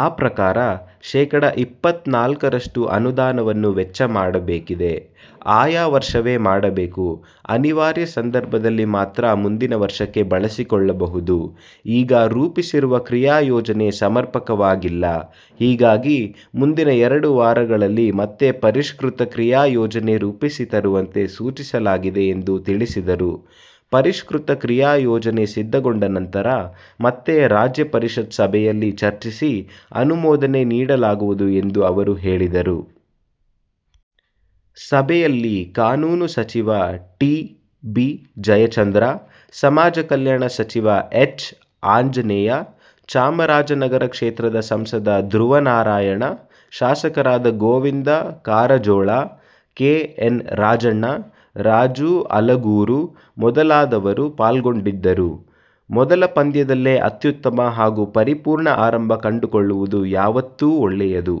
ಆ ಪ್ರಕಾರ, ಶೇಖಡ ಇಪ್ಪತ್ನಾಲ್ಕರಷ್ಟು ಅನುದಾನವನ್ನು ವೆಚ್ಚ ಮಾಡಬೇಕಿದೆ. ಆಯಾ ವರ್ಷವೇ ಮಾಡಬೇಕು. ಅನಿವಾರ್ಯ ಸಂದರ್ಭದಲ್ಲಿ ಮಾತ್ರ ಮುಂದಿನ ವರ್ಷಕ್ಕೆ ಬಳಸಿಕೊಳ್ಳಬಹುದು. ಈಗ ರೂಪಿಸಿರುವ ಕ್ರಿಯಾಯೋಜನೆ ಸಮರ್ಪಕವಾಗಿಲ್ಲ. ಹೀಗಾಗಿ ಮುಂದಿನ ಎರಡು ವಾರಗಳಲ್ಲಿ ಮತ್ತೆ ಪರಿಷ್ಕೃತ ಕ್ರಿಯಾಯೋಜನೆ ರೂಪಿಸಿ ತರುವಂತೆ ಸೂಚಿಸಲಾಗಿದೆ ಎಂದು ತಿಳಿಸಿದರು. ಪರಿಷ್ಕೃತ ಕ್ರಿಯಾಯೋಜನೆ ಸಿದ್ಧಗೊಂಡ ನಂತರ ಮತ್ತೆ ರಾಜ್ಯ ಪರಿಷತ್ ಸಭೆಯಲ್ಲಿ ಚರ್ಚಿಸಿ ಅನುಮೋದನೆ ನೀಡಲಾಗುವುದು ಎಂದು ಅವರು ಹೇಳಿದರು. ಸಭೆಯಲ್ಲಿ ಕಾನೂನು ಸಚಿವ ಟಿ. ಬಿ. ಜಯಚಂದ್ರ, ಸಮಾಜ ಕಲ್ಯಾಣ ಸಚಿವ ಎಚ್. ಆಂಜನೇಯ, ಚಾಮರಾಜನಗರ ಕ್ಷೇತ್ರದ ಸಂಸದ ಧ್ರುವನಾರಾಯಣ, ಶಾಸಕರಾದ ಗೋವಿಂದ ಕಾರಜೋಳ, ಕೆ. ಎನ್. ರಾಜಣ್ಣ, ರಾಜು ಅಲಗೂರು ಮೊದಲಾದವರು ಪಾಲ್ಗೊಂಡಿದ್ದರು. 'ಮೊದಲ ಪಂದ್ಯದಲ್ಲೇ ಅತ್ಯುತ್ತಮ ಹಾಗೂ ಪರಿಪೂರ್ಣ ಆರಂಭ ಕಂಡುಕೊಳ್ಳುವುದು ಯಾವತ್ತೂ ಒಳ್ಳೆಯದು.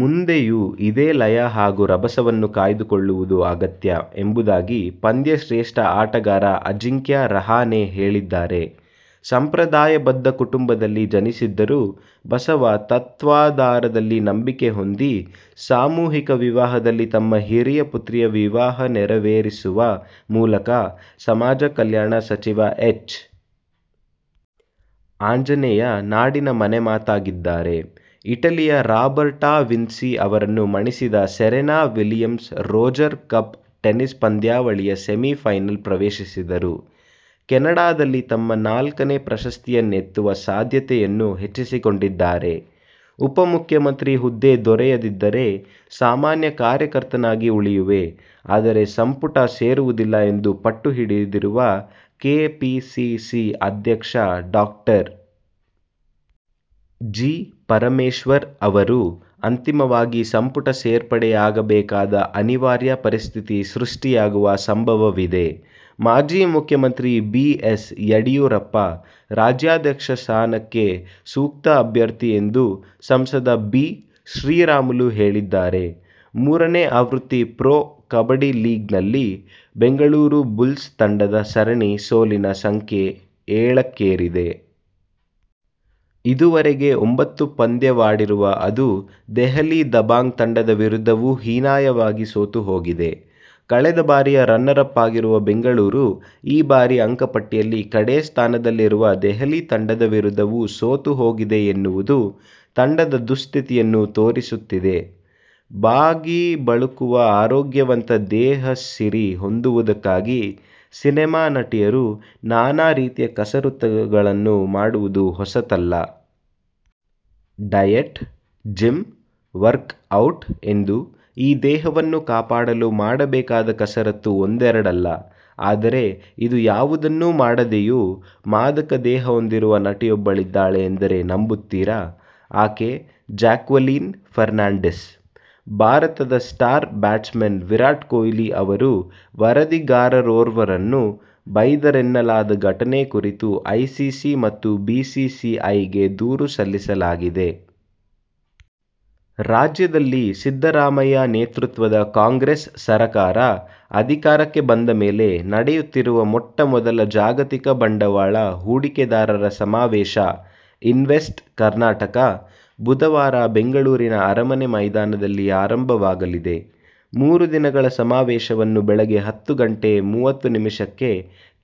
ಮುಂದೆಯೂ ಇದೇ ಲಯ ಹಾಗೂ ರಭಸವನ್ನು ಕಾಯ್ದುಕೊಳ್ಳುವುದು ಅಗತ್ಯ' ಎಂಬುದಾಗಿ ಪಂದ್ಯ ಶ್ರೇಷ್ಠ ಆಟಗಾರ ಅಜಿಂಕ್ಯ ರಹಾನೆ ಹೇಳಿದ್ದಾರೆ. ಸಂಪ್ರದಾಯಬದ್ಧ ಕುಟುಂಬದಲ್ಲಿ ಜನಿಸಿದ್ದರೂ ಬಸವ ತತ್ವಾಧಾರದಲ್ಲಿ ನಂಬಿಕೆ ಹೊಂದಿ ಸಾಮೂಹಿಕ ವಿವಾಹದಲ್ಲಿ ತಮ್ಮ ಹಿರಿಯ ಪುತ್ರಿಯ ವಿವಾಹ ನೆರವೇರಿಸುವ ಮೂಲಕ ಸಮಾಜ ಕಲ್ಯಾಣ ಸಚಿವ ಎಚ್. ಆಂಜನೇಯ ನಾಡಿನ ಮನೆ ಮಾತಾಗಿದ್ದಾರೆ. ಇಟಲಿಯ ರಾಬರ್ಟಾ ವಿನ್ಸಿ ಅವರನ್ನು ಮಣಿಸಿದ Serena Williams Roger Cup tennis ಪಂದ್ಯಾವಳಿಯ ಸೆಮಿಫೈನಲ್ ಪ್ರವೇಶಿಸಿದರು. ಕೆನಡಾದಲ್ಲಿ ತಮ್ಮ ನಾಲ್ಕನೇ ಪ್ರಶಸ್ತಿಯನ್ನೆತ್ತುವ ಸಾಧ್ಯತೆಯನ್ನು ಹೆಚ್ಚಿಸಿಕೊಂಡಿದ್ದಾರೆ. ಉಪ ಮುಖ್ಯಮಂತ್ರಿ ಹುದ್ದೆ ದೊರೆಯದಿದ್ದರೆ ಸಾಮಾನ್ಯ ಕಾರ್ಯಕರ್ತನಾಗಿ ಉಳಿಯುವೆ. ಆದರೆ ಸಂಪುಟ ಸೇರುವುದಿಲ್ಲ ಎಂದು ಪಟ್ಟು ಹಿಡಿದಿರುವ ಕೆಪಿಸಿಸಿ ಅಧ್ಯಕ್ಷ ಡಾಕ್ಟರ್. ಜಿ. ಪರಮೇಶ್ವರ್ ಅವರು ಅಂತಿಮವಾಗಿ ಸಂಪುಟ ಸೇರ್ಪಡೆಯಾಗಬೇಕಾದ ಅನಿವಾರ್ಯ ಪರಿಸ್ಥಿತಿ ಸೃಷ್ಟಿಯಾಗುವ ಸಂಭವವಿದೆ. ಮಾಜಿ ಮುಖ್ಯಮಂತ್ರಿ ಬಿ. ಎಸ್. ಯಡಿಯೂರಪ್ಪ ರಾಜ್ಯಾಧ್ಯಕ್ಷ ಸ್ಥಾನಕ್ಕೆ ಸೂಕ್ತ ಅಭ್ಯರ್ಥಿ ಎಂದು ಸಂಸದ ಬಿ. ಶ್ರೀರಾಮುಲು ಹೇಳಿದ್ದಾರೆ. ಮೂರನೇ ಆವೃತ್ತಿ ಪ್ರೊ ಕಬಡ್ಡಿ ಲೀಗ್ನಲ್ಲಿ ಬೆಂಗಳೂರು ಬುಲ್ಸ್ ತಂಡದ ಸರಣಿ ಸೋಲಿನ ಸಂಖ್ಯೆ ಏಳಕ್ಕೇರಿದೆ. ಇದುವರೆಗೆ ಒಂಬತ್ತು ಪಂದ್ಯವಾಡಿರುವ ಅದು ದೆಹಲಿ ದಬಾಂಗ್ ತಂಡದ ವಿರುದ್ಧವೂ ಹೀನಾಯವಾಗಿ ಸೋತುಹೋಗಿದೆ. ಕಳೆದ ಬಾರಿಯ ರನ್ನರ್ ಅಪ್ ಆಗಿರುವ ಬೆಂಗಳೂರು ಈ ಬಾರಿ ಅಂಕಪಟ್ಟಿಯಲ್ಲಿ ಕಡೇ ಸ್ಥಾನದಲ್ಲಿರುವ ದೆಹಲಿ ತಂಡದ ವಿರುದ್ಧವೂ ಸೋತು ಹೋಗಿದೆಯೆನ್ನುವುದು ತಂಡದ ದುಸ್ಥಿತಿಯನ್ನು ತೋರಿಸುತ್ತದೆ. ಬಾಗಿ ಬಳುಕುವ ಆರೋಗ್ಯವಂತ ದೇಹಸಿರಿ ಹೊಂದುವುದಕ್ಕಾಗಿ ಸಿನೆಮಾ ನಟಿಯರು ನಾನಾ ರೀತಿಯ ಕಸರತ್ತುಗಳನ್ನು ಮಾಡುವುದು ಹೊಸತಲ್ಲ. ಡಯಟ್, ಜಿಮ್, ವರ್ಕ್ ಔಟ್ ಎಂದು ಈ ದೇಹವನ್ನು ಕಾಪಾಡಲು ಮಾಡಬೇಕಾದ ಕಸರತ್ತು ಒಂದೆರಡಲ್ಲ. ಆದರೆ, ಇದು ಯಾವುದನ್ನು ಮಾಡದೆಯೂ ಮಾದಕ ದೇಹ ಹೊಂದಿರುವ ನಟಿಯೊಬ್ಬಳಿದ್ದಾಳೆ ಎಂದರೆ ನಂಬುತ್ತೀರಾ? ಆಕೆ ಜಾಕ್ವಲಿನ್ ಫೆರ್ನಾಂಡಿಸ್. ಭಾರತದ ಸ್ಟಾರ್ ಬ್ಯಾಟ್ಸ್ಮನ್ ವಿರಾಟ್ ಕೊಹ್ಲಿ ಅವರು ವರದಿಗಾರರೋರ್ವರನ್ನು ಬೈದರೆನ್ನಲಾದ ಘಟನೆ ಕುರಿತು ಐಸಿಸಿ ಮತ್ತು ಬಿಸಿಸಿಐಗೆ ದೂರು ಸಲ್ಲಿಸಲಾಗಿದೆ. ರಾಜ್ಯದಲ್ಲಿ ಸಿದ್ದರಾಮಯ್ಯ ನೇತೃತ್ವದ ಕಾಂಗ್ರೆಸ್ ಸರಕಾರ ಅಧಿಕಾರಕ್ಕೆ ಬಂದ ಮೇಲೆ ನಡೆಯುತ್ತಿರುವ ಮೊಟ್ಟಮೊದಲ ಜಾಗತಿಕ ಬಂಡವಾಳ ಹೂಡಿಕೆದಾರರ ಸಮಾವೇಶ "ಇನ್ವೆಸ್ಟ್ ಕರ್ನಾಟಕ- ' ಬುಧವಾರ ಬೆಂಗಳೂರಿನ ಅರಮನೆ ಮೈದಾನದಲ್ಲಿ ಆರಂಭವಾಗಲಿದೆ. ಮೂರು ದಿನಗಳ ಸಮಾವೇಶವನ್ನು ಬೆಳಗ್ಗೆ ಹತ್ತು ಗಂಟೆ ಮೂವತ್ತು ನಿಮಿಷಕ್ಕೆ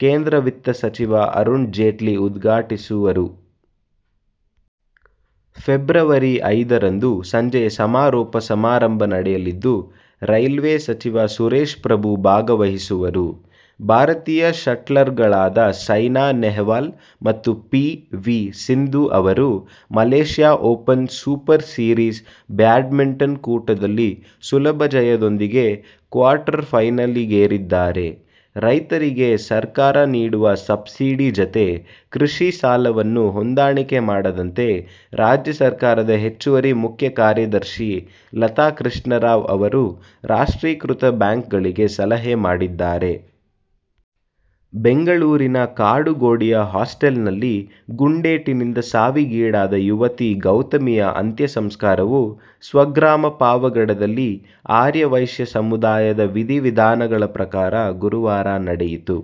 ಕೇಂದ್ರ ವಿತ್ತ ಸಚಿವ ಅರುಣ್ ಜೇಟ್ಲಿ ಉದ್ಘಾಟಿಸುವರು. ಫೆಬ್ರವರಿ ಐದರಂದು ಸಂಜೆ ಸಮಾರೋಪ ಸಮಾರಂಭ ನಡೆಯಲಿದ್ದು ರೈಲ್ವೇ ಸಚಿವ ಸುರೇಶ್ಪ್ರಭು ಭಾಗವಹಿಸುವರು. ಭಾರತೀಯ ಶಟ್ಲರ್ಗಳಾದ ಸೈನಾ ನೆಹ್ವಾಲ್ ಮತ್ತು ಪಿ. ವಿ. ಸಿಂಧು ಅವರು Malaysia Open Super Series badminton ಕೂಟದಲ್ಲಿ ಸುಲಭ ಜಯದೊಂದಿಗೆ ಕ್ವಾರ್ಟರ್ಫೈನಲಿಗೇರಿದ್ದಾರೆ. ರೈತರಿಗೆ ಸರ್ಕಾರ ನೀಡುವ ಸಬ್ಸಿಡಿ ಜತೆ ಕೃಷಿ ಸಾಲವನ್ನು ಹೊಂದಾಣಿಕೆ ಮಾಡದಂತೆ ರಾಜ್ಯ ಸರ್ಕಾರದ ಹೆಚ್ಚುವರಿ ಮುಖ್ಯ ಕಾರ್ಯದರ್ಶಿ ಲತಾ ಕೃಷ್ಣರಾವ್ ಅವರು ರಾಷ್ಟ್ರೀಕೃತ ಬ್ಯಾಂಕ್ಗಳಿಗೆ ಸಲಹೆ ಮಾಡಿದ್ದಾರೆ. ಬೆಂಗಳೂರಿನ ಕಾಡುಗೋಡಿಯ ಹಾಸ್ಟೆಲ್ನಲ್ಲಿ ಗುಂಡೇಟಿನಿಂದ ಸಾವಿಗೀಡಾದ ಯುವತಿ ಗೌತಮಿಯ ಅಂತ್ಯಸಂಸ್ಕಾರವು ಸ್ವಗ್ರಾಮ ಪಾವಗಡದಲ್ಲಿ ಆರ್ಯವೈಶ್ಯ ಸಮುದಾಯದ ವಿಧಿ-ವಿಧಾನಗಳ ಪ್ರಕಾರ ಗುರುವಾರ ನಡೆಯಿತು.